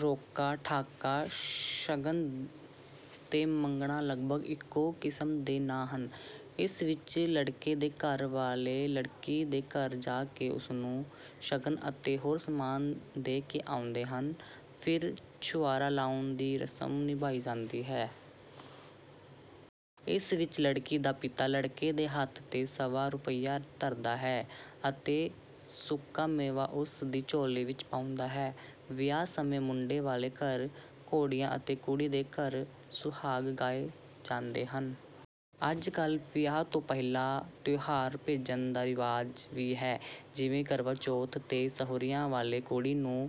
ਰੋਕਾ, ਠਾਕਾ, ਸ਼ਗਨ ਤੇ ਮੰਗਣਾ ਲਗਭਗ ਇੱਕੋ ਕਿਸਮ ਦੇ ਨਾਂ ਹਨ। ਇਸ ਵਿੱਚ ਲੜਕੇ ਦੇ ਘਰ ਵਾਲੇ ਲੜਕੀ ਦੇ ਘਰ ਜਾ ਕੇ ਉਸ ਨੂੰ ਸ਼ਗਨ ਅਤੇ ਹੋਰ ਸਮਾਨ ਦੇ ਕੇ ਆਉਂਦੇ ਹਨ। ਫਿਰ ਛੁਆਰਾ ਲਾਉਣ ਦੀ ਰਸਮ ਨਿਭਾਈ ਜਾਂਦੀ ਹੈ। ਇਸ ਵਿੱਚ ਲੜਕੀ ਦਾ ਪਿਤਾ ਲੜਕੇ ਦੇ ਹੱਥ ’ਤੇ ਸਵਾ ਰੁਪਇਆ ਧਰਦਾ ਹੈ ਅਤੇ ਸੁੱਕਾ ਮੇਵਾ ਉਸ ਦੀ ਝੋਲੀ ਵਿੱਚ ਪਾਉਂਦਾ ਹੈ। ਵਿਆਹ ਸਮੇਂ ਮੁੰਡੇ ਵਾਲੇ ਘਰ ‘ਘੋੜੀਆਂ’ ਅਤੇ ਕੁੜੀ ਦੇ ਘਰ ‘ਸੁਹਾਗ’ ਗਾਏ ਜਾਂਦੇ ਹਨ। ਅੱਜ-ਕੱਲ੍ਹ ਵਿਆਹ ਤੋਂ ਪਹਿਲਾਂ ਤਿਉਹਾਰ ਭੇਜਣ ਦਾ ਰਿਵਾਜ ਵੀ ਹੈ। ਜਿਵੇਂ ਕਰਵਾ ਚੌਥ ’ਤੇ ਸਹੁਰਿਆਂ ਵੱਲੋਂ ਕੁੜੀ ਨੂੰ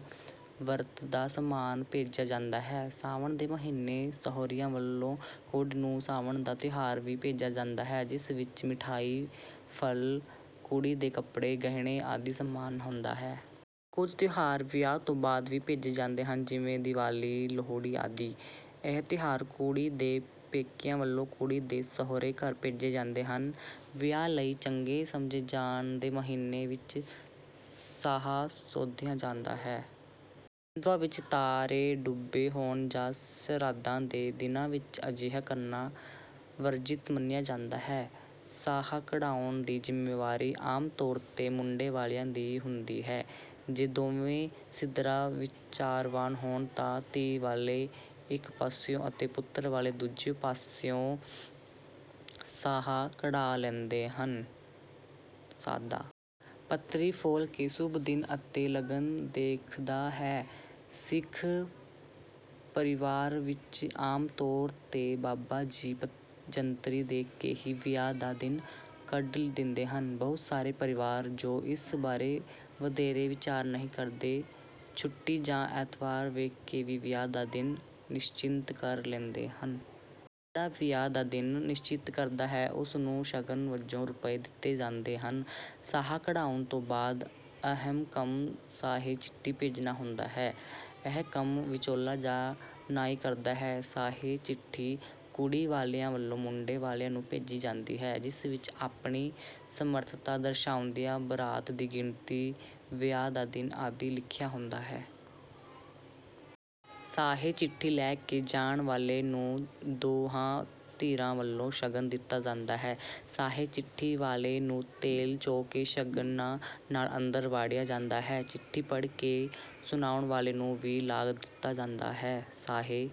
ਵਰਤ ਦਾ ਸਮਾਨ ਭੇਜਿਆ ਜਾਂਦਾ ਹੈ। ਸਾਵਣ ਦੇ ਮਹੀਨੇ ਸਹੁਰਿਆਂ ਵੱਲੋਂ ਕੁੜੀ ਨੂੰ ਸਾਵਣ ਦਾ ਤਿਉਹਾਰ ਵੀ ਭੇਜਿਆ ਜਾਂਦਾ ਹੈ, ਜਿਸ ਵਿੱਚ ਮਿਠਾਈ, ਫਲ, ਕੁੜੀ ਦੇ ਕੱਪੜੇ, ਗਹਿਣੇ ਆਦਿ ਸਮਾਨ ਹੁੰਦਾ ਹੈ। ਕੁਝ ਤਿਉਹਾਰ ਵਿਆਹ ਤੋਂ ਬਾਅਦ ਵੀ ਭੇਜੇ ਜਾਂਦੇ ਹਨ, ਜਿਵੇਂ ਦਿਵਾਲੀ, ਲੋਹੜੀ ਆਦਿ। ਇਹ ਤਿਉਹਾਰ ਕੁੜੀ ਦੇ ਪੇਕਿਆਂ ਵੱਲੋਂ ਕੁੜੀ ਦੇ ਸਹੁਰੇ ਘਰ ਭੇਜੇ ਜਾਂਦੇ ਹਨ। ਵਿਆਹ ਲਈ ਚੰਗੇ ਸਮਝੇ ਜਾਂਦੇ ਮਹੀਨਿਆਂ ਵਿੱਚ ਸਾਹਾ ਸੋਧਿਆ ਜਾਂਦਾ ਹੈ। ਹਿੰਦੂਆਂ ਵਿੱਚ ਤਾਰੇ ਡੁੱਬੇ ਹੋਣ ਜਾਂ ਸ਼ਰਾਧਾਂ ਦੇ ਦਿਨਾਂ ਵਿੱਚ ਅਜਿਹਾ ਕਰਨਾ ਵਰਜਿਤ ਮੰਨਿਆ ਜਾਂਦਾ ਹੈ। ਸਾਹਾ ਕਢਵਾਉਣ ਦੀ ਜ਼ਿੰਮੇਵਾਰੀ ਆਮ ਤੌਰ ’ਤੇ ਮੁੰਡੇ ਵਾਲਿਆਂ ਦੀ ਹੁੰਦੀ ਹੈ। ਜੇ ਦੋਵੇਂ ਧਿਰਾਂ ਵਿਚਾਰਵਾਨ ਹੋਣ, ਤਾਂ ਧੀ ਵਾਲੇ ਇੱਕ ਪਾਸਿਓਂ ਅਤੇ ਪੁੱਤਰ ਵਾਲੇ ਦੂਜੇ ਪਾਸਿਓਂ ਸਾਹਾ ਕਢਵਾ ਲੈਂਦੇ ਹਨ। ਪਾਂਧਾ ਪੱਤਰੀ ਫੋਲ ਕੇ ਸ਼ੁਭ ਦਿਨ ਅਤੇ ਲਗਨ ਦੇਖਦਾ ਹੈ। ਸਿੱਖ ਪਰਿਵਾਰਾਂ ਵਿੱਚ ਆਮ ਤੌਰ ’ਤੇ ਬਾਬਾ ਜੀ ਜੰਤਰੀ ਵੇਖ ਕੇ ਹੀ ਵਿਆਹ ਦਾ ਦਿਨ ਕੱਢ ਦਿੰਦੇ ਹਨ। ਬਹੁਤ ਸਾਰੇ ਪਰਿਵਾਰ, ਜੋ ਇਸ ਬਾਰੇ ਵਧੇਰੇ ਵਿਚਾਰ ਨਹੀਂ ਕਰਦੇ, ਛੁੱਟੀ ਜਾਂ ਐਤਵਾਰ ਵੇਖ ਕੇ ਵੀ ਵਿਆਹ ਦਾ ਦਿਨ ਨਿਸ਼ਚਿਤ ਕਰ ਲੈਂਦੇ ਹਨ। ਜਿਹੜਾ ਵਿਆਹ ਦਾ ਦਿਨ ਨਿਸ਼ਚਿਤ ਕਰਦਾ ਹੈ, ਉਸ ਨੂੰ ਸ਼ਗਨ ਵਜੋਂ ਰੁਪਏ ਦਿੱਤੇ ਜਾਂਦੇ ਹਨ। ਸਾਹਾ ਕਢਵਾਉਣ ਤੋਂ ਬਾਅਦ ਅਹਿਮ ਕੰਮ ਸਾਹੇ-ਚਿੱਠੀ ਭੇਜਣਾ ਹੁੰਦਾ ਹੈ। ਇਹ ਕੰਮ ਵਿਚੋਲਾ ਜਾਂ ਨਾਈ ਕਰਦਾ ਹੈ। ਸਾਹੇ-ਚਿੱਠੀ ਕੁੜੀ ਵਾਲਿਆਂ ਵੱਲੋਂ ਮੁੰਡੇ ਵਾਲਿਆਂ ਨੂੰ ਭੇਜੀ ਜਾਂਦੀ ਹੈ, ਜਿਸ ਵਿੱਚ ਆਪਣੀ ਸਮਰੱਥਾ ਦਰਸਾਉਂਦਿਆਂ ਬਰਾਤ ਦੀ ਗਿਣਤੀ, ਵਿਆਹ ਦਾ ਦਿਨ ਆਦਿ ਲਿਖਿਆ ਹੁੰਦਾ ਹੈ। ਸਾਹੇ-ਚਿੱਠੀ ਲੈ ਕੇ ਜਾਣ ਵਾਲੇ ਨੂੰ ਦੋਹਾਂ ਧਿਰਾਂ ਵੱਲੋਂ ਸ਼ਗਨ ਦਿੱਤਾ ਜਾਂਦਾ ਹੈ। ਸਾਹੇ-ਚਿੱਠੀ ਵਾਲੇ ਨੂੰ ਤੇਲ ਚੋ ਕੇ ਸ਼ਗਨਾਂ ਨਾਲ ਅੰਦਰ ਵਾੜਿਆ ਜਾਂਦਾ ਹੈ। ਚਿੱਠੀ ਪੜ੍ਹ ਕੇ ਸੁਣਾਉਣ ਵਾਲੇ ਨੂੰ ਵੀ ਲਾਗ ਦਿੱਤਾ ਜਾਂਦਾ ਹੈ। ਸਾਹੇ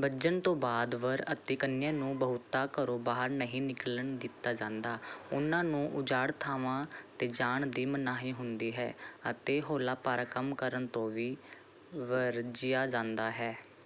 ਬੱਜਣ ਤੋਂ ਬਾਅਦ ਵਰ ਅਤੇ ਕੰਨਿਆ ਨੂੰ ਬਹੁਤਾ ਘਰੋਂ ਬਾਹਰ ਨਹੀਂ ਨਿਕਲਣ ਦਿੱਤਾ ਜਾਂਦਾ। ਉਹਨਾਂ ਨੂੰ ਉਜਾੜ ਥਾਵਾਂ ’ਤੇ ਜਾਣ ਦੀ ਮਨਾਹੀ ਹੁੰਦੀ ਹੈ ਅਤੇ ਹੌਲਾ-ਭਾਰਾ ਕੰਮ ਕਰਨ ਤੋਂ ਵੀ ਵਰਜਿਆ ਜਾਂਦਾ ਹੈ।